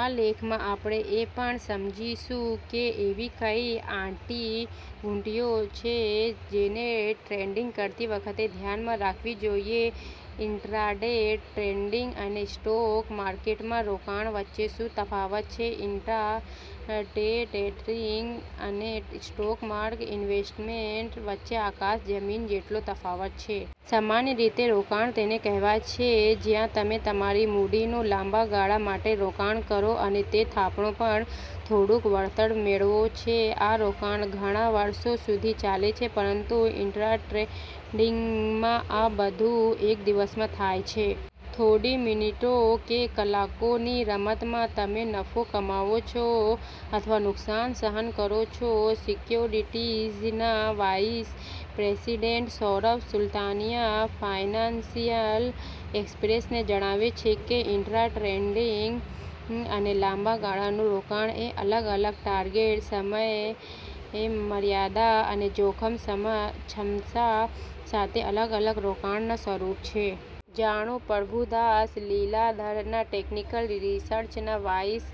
આ લેખમાં, આપણે એ પણ સમજીશું કે એવી કઇ આંટીઘૂંટીઓ છે જેને ટ્રેડિંગ કરતી વખતે ધ્યાનમાં રાખવી જોઈએ. ઇન્ટ્રાડે ટ્રેડિંગ અને સ્ટોક માર્કેટમાં રોકાણ વચ્ચે શું તફાવત છે? ઈન્ટ્રા-ડે ટ્રેન્ડિંગ અને સ્ટોક માર્કેટ ઈન્વેસ્ટમેન્ટ વચ્ચે આકાશ-જમીન જેટલો તફાવત છે. સામાન્ય રીતે રોકાણ તેને કહેવાય છે, જ્યાં તમે તમારી મૂડીનું લાંબા ગાળા માટે રોકાણ કરો અને તે થાપણો પર થોડુંક વળતર મેળવો છે. આ રોકાણ ઘણા વર્ષો સુધી ચાલે છે પરંતુ ઇન્ટ્રા-ડે ટ્રેડિંગમાં આ બધું એક દિવસમાં થાય છે. થોડી મિનિટો કે કલાકોની રમતમાં, તમે નફો કમાવો છો અથવા નુકસાન સહન કરો છો. સિક્યોરિટીઝના vice president Saurav Sultania financial એક્સપ્રેસને જણાવે છે કે, "ઇન્ટ્રા-ડે ટ્રેડિંગ અને લાંબા ગાળાનું રોકાણ એ અલગ-અલગ ટાર્ગેટ, સમયમર્યાદા અને જોખમ ક્ષમતા સાથે અલગ-અલગ રોકાણના સ્વરૂપ છે. જાણો પ્રભુદાસ લીલાધરના ટેકનિકલ રિસર્ચના વાઇસ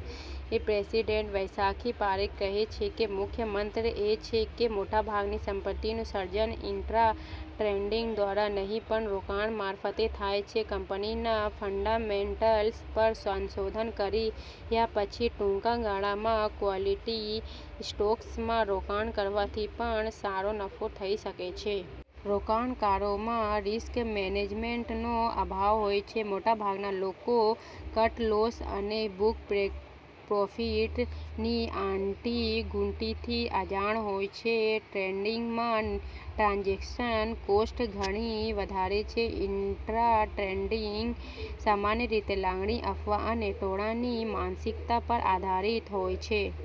પ્રેસિડેન્ટ વૈશાલી પારેખ કહે છે કે, "મુખ્ય મંત્ર એ છે કે 'મોટાભાગની સંપત્તિનું સર્જન ઇન્ટ્રા – ડે ટ્રેડિંગ દ્વારા નહીં પણ રોકાણ મારફતે થાય છે. ' કંપનીના ફંડામેન્ટલ્સ પર સંશોધન કર્યા પછી ટૂંકા ગાળામાં ક્વોલિટી સ્ટોક્સમાં રોકાણ કરવાથી પણ સારો નફો થઈ શકે છે. રોકાણકારોમાં રિસ્ક મેનેજમેન્ટનો અભાવ હોય છે. મોટાભાગના લોકો 'કટ લોસ' અને 'બુક-પ્રોફિટ'ની આંટીઘૂંટીથી અજાણ હોય છે. ટ્રેડિંગમાં ટ્રાન્ઝેક્શન કોસ્ટ ઘણી વધારે છે. ઈન્ટ્રા-ડે ટ્રેડિંગ સામાન્ય રીતે લાગણી, અફવા અને ટોળાની માનસિકતા પર આધારિત હોય છે.